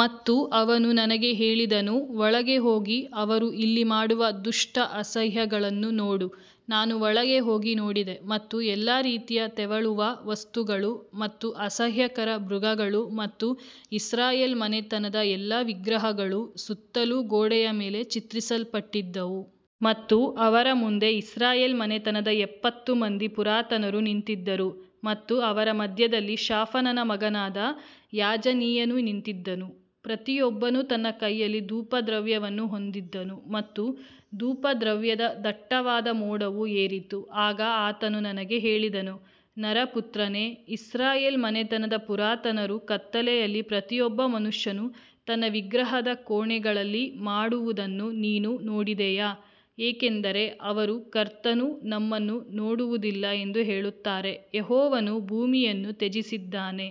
ಮತ್ತು ಅವನು ನನಗೆ ಹೇಳಿದನು, ಒಳಗೆ ಹೋಗಿ ಅವರು ಇಲ್ಲಿ ಮಾಡುವ ದುಷ್ಟ ಅಸಹ್ಯಗಳನ್ನು ನೋಡು. ನಾನು ಒಳಗೆ ಹೋಗಿ ನೋಡಿದೆ ಮತ್ತು ಎಲ್ಲಾ ರೀತಿಯ ತೆವಳುವ ವಸ್ತುಗಳು ಮತ್ತು ಅಸಹ್ಯಕರ ಮೃಗಗಳು ಮತ್ತು ಇಸ್ರಾಯೇಲ್ ಮನೆತನದ ಎಲ್ಲಾ ವಿಗ್ರಹಗಳು ಸುತ್ತಲೂ ಗೋಡೆಯ ಮೇಲೆ ಚಿತ್ರಿಸಲ್ಪಟ್ಟಿದ್ದವು. ಮತ್ತು ಅವರ ಮುಂದೆ ಇಸ್ರಾಯೇಲ್ ಮನೆತನದ ಎಪ್ಪತ್ತು ಮಂದಿ ಪುರಾತನರು ನಿಂತಿದ್ದರು ಮತ್ತು ಅವರ ಮಧ್ಯದಲ್ಲಿ ಶಾಫಾನನ ಮಗನಾದ ಯಾಜನೀಯನು ನಿಂತಿದ್ದನು, ಪ್ರತಿಯೊಬ್ಬನು ತನ್ನ ಕೈಯಲ್ಲಿ ಧೂಪದ್ರವ್ಯವನ್ನು ಹೊಂದಿದ್ದನು ಮತ್ತು ಧೂಪದ್ರವ್ಯದ ದಟ್ಟವಾದ ಮೋಡವು ಏರಿತು. ಆಗ ಆತನು ನನಗೆ ಹೇಳಿದನು, ನರಪುತ್ರನೇ, ಇಸ್ರಾಯೇಲ್ ಮನೆತನದ ಪುರಾತನರು ಕತ್ತಲೆಯಲ್ಲಿ ಪ್ರತಿಯೊಬ್ಬ ಮನುಷ್ಯನು ತನ್ನ ವಿಗ್ರಹದ ಕೋಣೆಗಳಲ್ಲಿ ಮಾಡುವುದನ್ನು ನೀನು ನೋಡಿದೆಯಾ, ಏಕೆಂದರೆ ಅವರು ಕರ್ತನು ನಮ್ಮನ್ನು ನೋಡುವುದಿಲ್ಲ ಎಂದು ಹೇಳುತ್ತಾರೆ, ಯೆಹೋವನು ಭೂಮಿಯನ್ನು ತ್ಯಜಿಸಿದ್ದಾನೆ.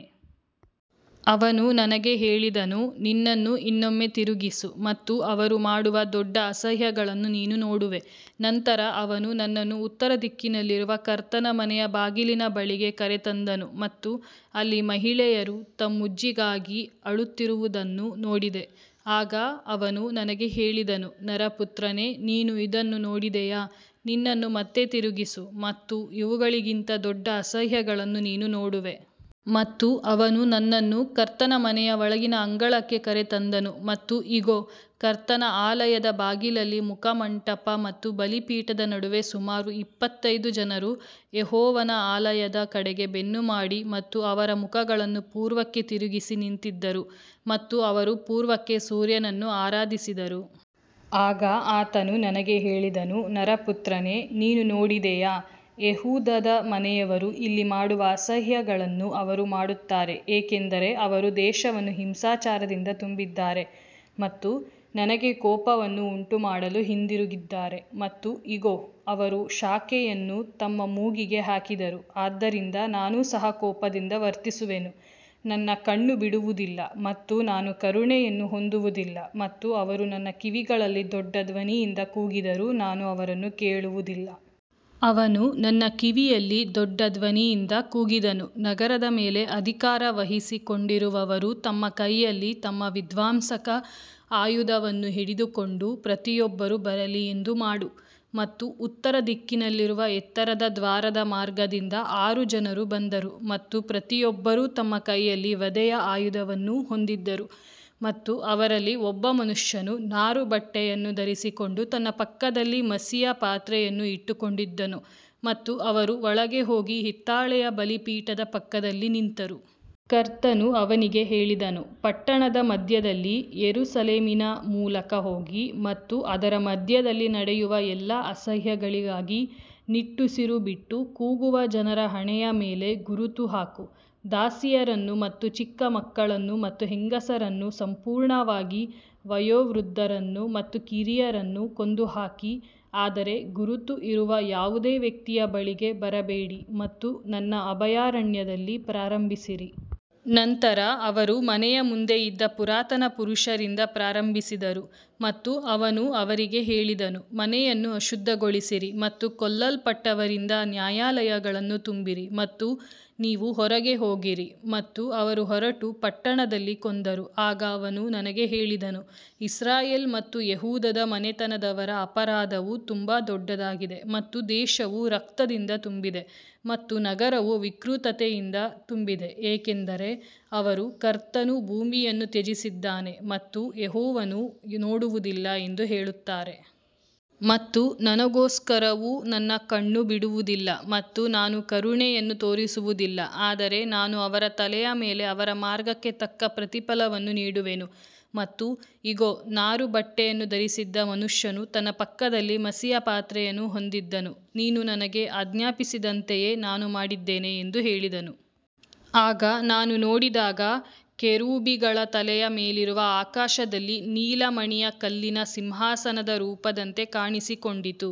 ಅವನು ನನಗೆ ಹೇಳಿದನು, ನಿನ್ನನ್ನು ಇನ್ನೊಮ್ಮೆ ತಿರುಗಿಸು ಮತ್ತು ಅವರು ಮಾಡುವ ದೊಡ್ಡ ಅಸಹ್ಯಗಳನ್ನು ನೀನು ನೋಡುವೆ. ನಂತರ ಅವನು ನನ್ನನ್ನು ಉತ್ತರ ದಿಕ್ಕಿನಲ್ಲಿರುವ ಕರ್ತನ ಮನೆಯ ಬಾಗಿಲಿನ ಬಳಿಗೆ ಕರೆತಂದನು ಮತ್ತು ಅಲ್ಲಿ ಮಹಿಳೆಯರು ತಮ್ಮೂಜಿಗಾಗಿ ಅಳುತ್ತಿರುವುದನ್ನು ನೋಡಿದೆ. ಆಗ ಅವನು ನನಗೆ ಹೇಳಿದನು, ನರಪುತ್ರನೇ, ನೀನು ಇದನ್ನು ನೋಡಿದೆಯಾ, ನಿನ್ನನ್ನು ಮತ್ತೆ ತಿರುಗಿಸು ಮತ್ತು ಇವುಗಳಿಗಿಂತ ದೊಡ್ಡ ಅಸಹ್ಯಗಳನ್ನು ನೀನು ನೋಡುವೆ. ಮತ್ತು ಅವನು ನನ್ನನ್ನು ಕರ್ತನ ಮನೆಯ ಒಳಗಿನ ಅಂಗಳಕ್ಕೆ ಕರೆತಂದನು ಮತ್ತು ಇಗೋ, ಕರ್ತನ ಆಲಯದ ಬಾಗಿಲಲ್ಲಿ ಮುಖಮಂಟಪ ಮತ್ತು ಬಲಿಪೀಠದ ನಡುವೆ ಸುಮಾರು ಇಪ್ಪತ್ತೈದು ಜನರು ಯೆಹೋವನ ಆಲಯದ ಕಡೆಗೆ ಬೆನ್ನು ಮಾಡಿ ಮತ್ತು ಅವರ ಮುಖಗಳನ್ನು ಪೂರ್ವಕ್ಕೆ ತಿರುಗಿಸಿ ನಿಂತಿದ್ದರು. ಮತ್ತು ಅವರು ಪೂರ್ವಕ್ಕೆ ಸೂರ್ಯನನ್ನು ಆರಾಧಿಸಿದರು. ಆಗ ಆತನು ನನಗೆ ಹೇಳಿದನು, ನರಪುತ್ರನೇ, ನೀನು ನೋಡಿದೆಯಾ, ಯೆಹೂದದ ಮನೆಯವರು ಇಲ್ಲಿ ಮಾಡುವ ಅಸಹ್ಯಗಳನ್ನು ಅವರು ಮಾಡುತ್ತಾರೆ, ಏಕೆಂದರೆ ಅವರು ದೇಶವನ್ನು ಹಿಂಸಾಚಾರದಿಂದ ತುಂಬಿದ್ದಾರೆ ಮತ್ತು ನನಗೆ ಕೋಪವನ್ನು ಉಂಟುಮಾಡಲು ಹಿಂದಿರುಗಿದ್ದಾರೆ. ಮತ್ತು ಇಗೋ, ಅವರು ಶಾಖೆಯನ್ನು ತಮ್ಮ ಮೂಗಿಗೆ ಹಾಕಿದರು. ಆದ್ದರಿಂದ ನಾನು ಸಹ ಕೋಪದಿಂದ ವರ್ತಿಸುವೆನು, ನನ್ನ ಕಣ್ಣು ಬಿಡುವುದಿಲ್ಲ ಮತ್ತು ನಾನು ಕರುಣೆಯನ್ನು ಹೊಂದುವುದಿಲ್ಲ ಮತ್ತು ಅವರು ನನ್ನ ಕಿವಿಗಳಲ್ಲಿ ದೊಡ್ಡ ಧ್ವನಿಯಿಂದ ಕೂಗಿದರೂ ನಾನು ಅವರನ್ನು ಕೇಳುವುದಿಲ್ಲ. ಅವನು ನನ್ನ ಕಿವಿಯಲ್ಲಿ ದೊಡ್ಡ ಧ್ವನಿಯಿಂದ ಕೂಗಿದನು, ನಗರದ ಮೇಲೆ ಅಧಿಕಾರ ವಹಿಸಿಕೊಂಡಿರುವವರು ತಮ್ಮ ಕೈಯಲ್ಲಿ ತಮ್ಮ ವಿಧ್ವಂಸಕ ಆಯುಧವನ್ನು ಹಿಡಿದುಕೊಂಡು ಪ್ರತಿಯೊಬ್ಬರೂ ಬರಲಿ ಎಂದು ಮಾಡು. ಮತ್ತು ಉತ್ತರ ದಿಕ್ಕಿನಲ್ಲಿರುವ ಎತ್ತರದ ದ್ವಾರದ ಮಾರ್ಗದಿಂದ ಆರು ಜನರು ಬಂದರು ಮತ್ತು ಪ್ರತಿಯೊಬ್ಬರೂ ತಮ್ಮ ಕೈಯಲ್ಲಿ ವಧೆಯ ಆಯುಧವನ್ನು ಹೊಂದಿದ್ದರು ಮತ್ತು ಅವರಲ್ಲಿ ಒಬ್ಬ ಮನುಷ್ಯನು ನಾರುಬಟ್ಟೆಯನ್ನು ಧರಿಸಿಕೊಂಡು ತನ್ನ ಪಕ್ಕದಲ್ಲಿ ಮಸಿಯ ಪಾತ್ರೆಯನ್ನು ಇಟ್ಟುಕೊಂಡಿದ್ದನು ಮತ್ತು ಅವರು ಒಳಗೆ ಹೋಗಿ ಹಿತ್ತಾಳೆಯ ಬಲಿಪೀಠದ ಪಕ್ಕದಲ್ಲಿ ನಿಂತರು. ಕರ್ತನು ಅವನಿಗೆ ಹೇಳಿದನು, ಪಟ್ಟಣದ ಮಧ್ಯದಲ್ಲಿ, ಯೆರೂಸಲೇಮಿನ ಮೂಲಕ ಹೋಗಿ ಮತ್ತು ಅದರ ಮಧ್ಯದಲ್ಲಿ ನಡೆಯುವ ಎಲ್ಲಾ ಅಸಹ್ಯಗಳಿಗಾಗಿ ನಿಟ್ಟುಸಿರುಬಿಟ್ಟು ಕೂಗುವ ಜನರ ಹಣೆಯ ಮೇಲೆ ಗುರುತು ಹಾಕು. ದಾಸಿಯರನ್ನು ಮತ್ತು ಚಿಕ್ಕ ಮಕ್ಕಳನ್ನು ಮತ್ತು ಹೆಂಗಸರನ್ನು, ಸಂಪೂರ್ಣವಾಗಿ ವಯೋವೃದ್ಧರನ್ನು ಮತ್ತು ಕಿರಿಯರನ್ನು ಕೊಂದುಹಾಕಿ, ಆದರೆ ಗುರುತು ಇರುವ ಯಾವುದೇ ವ್ಯಕ್ತಿಯ ಬಳಿಗೆ ಬರಬೇಡಿ ಮತ್ತು ನನ್ನ ಅಭಯಾರಣ್ಯದಲ್ಲಿ ಪ್ರಾರಂಭಿಸಿರಿ. ನಂತರ ಅವರು ಮನೆಯ ಮುಂದೆ ಇದ್ದ ಪುರಾತನ ಪುರುಷರಿಂದ ಪ್ರಾರಂಭಿಸಿದರು. ಮತ್ತು ಅವನು ಅವರಿಗೆ ಹೇಳಿದನು, ಮನೆಯನ್ನು ಅಶುದ್ಧಗೊಳಿಸಿರಿ ಮತ್ತು ಕೊಲ್ಲಲ್ಪಟ್ಟವರಿಂದ ನ್ಯಾಯಾಲಯಗಳನ್ನು ತುಂಬಿರಿ ಮತ್ತು ನೀವು ಹೊರಗೆ ಹೋಗಿರಿ. ಮತ್ತು ಅವರು ಹೊರಟು ಪಟ್ಟಣದಲ್ಲಿ ಕೊಂದರು. ಆಗ ಅವನು ನನಗೆ ಹೇಳಿದನು, ಇಸ್ರಾಯೇಲ್ ಮತ್ತು ಯೆಹೂದದ ಮನೆತನದವರ ಅಪರಾಧವು ತುಂಬಾ ದೊಡ್ಡದಾಗಿದೆ ಮತ್ತು ದೇಶವು ರಕ್ತದಿಂದ ತುಂಬಿದೆ ಮತ್ತು ನಗರವು ವಿಕೃತತೆಯಿಂದ ತುಂಬಿದೆ, ಏಕೆಂದರೆ ಅವರು ಕರ್ತನು ಭೂಮಿಯನ್ನು ತ್ಯಜಿಸಿದ್ದಾನೆ ಮತ್ತು ಯೆಹೋವನು ನೋಡುವುದಿಲ್ಲ ಎಂದು ಹೇಳುತ್ತಾರೆ. ಮತ್ತು ನನಗೋಸ್ಕರವೂ ನನ್ನ ಕಣ್ಣು ಬಿಡುವುದಿಲ್ಲ ಮತ್ತು ನಾನು ಕರುಣೆಯನ್ನು ತೋರಿಸುವುದಿಲ್ಲ, ಆದರೆ ನಾನು ಅವರ ತಲೆಯ ಮೇಲೆ ಅವರ ಮಾರ್ಗಕ್ಕೆ ತಕ್ಕ ಪ್ರತಿಫಲವನ್ನು ನೀಡುವೆನು. ಮತ್ತು ಇಗೋ, ನಾರುಬಟ್ಟೆಯನ್ನು ಧರಿಸಿದ್ದ ಮನುಷ್ಯನು ತನ್ನ ಪಕ್ಕದಲ್ಲಿ ಮಸಿಯ ಪಾತ್ರೆಯನ್ನು ಹೊಂದಿದ್ದನು, ನೀನು ನನಗೆ ಆಜ್ಞಾಪಿಸಿದಂತೆಯೇ ನಾನು ಮಾಡಿದ್ದೇನೆ ಎಂದು ಹೇಳಿದನು. ಆಗ ನಾನು ನೋಡಿದಾಗ ಕೆರೂಬಿಗಳ ತಲೆಯ ಮೇಲಿರುವ ಆಕಾಶದಲ್ಲಿ ನೀಲಮಣಿಯ ಕಲ್ಲಿನ ಸಿಂಹಾಸನದ ರೂಪದಂತೆ ಕಾಣಿಸಿಕೊಂಡಿತು.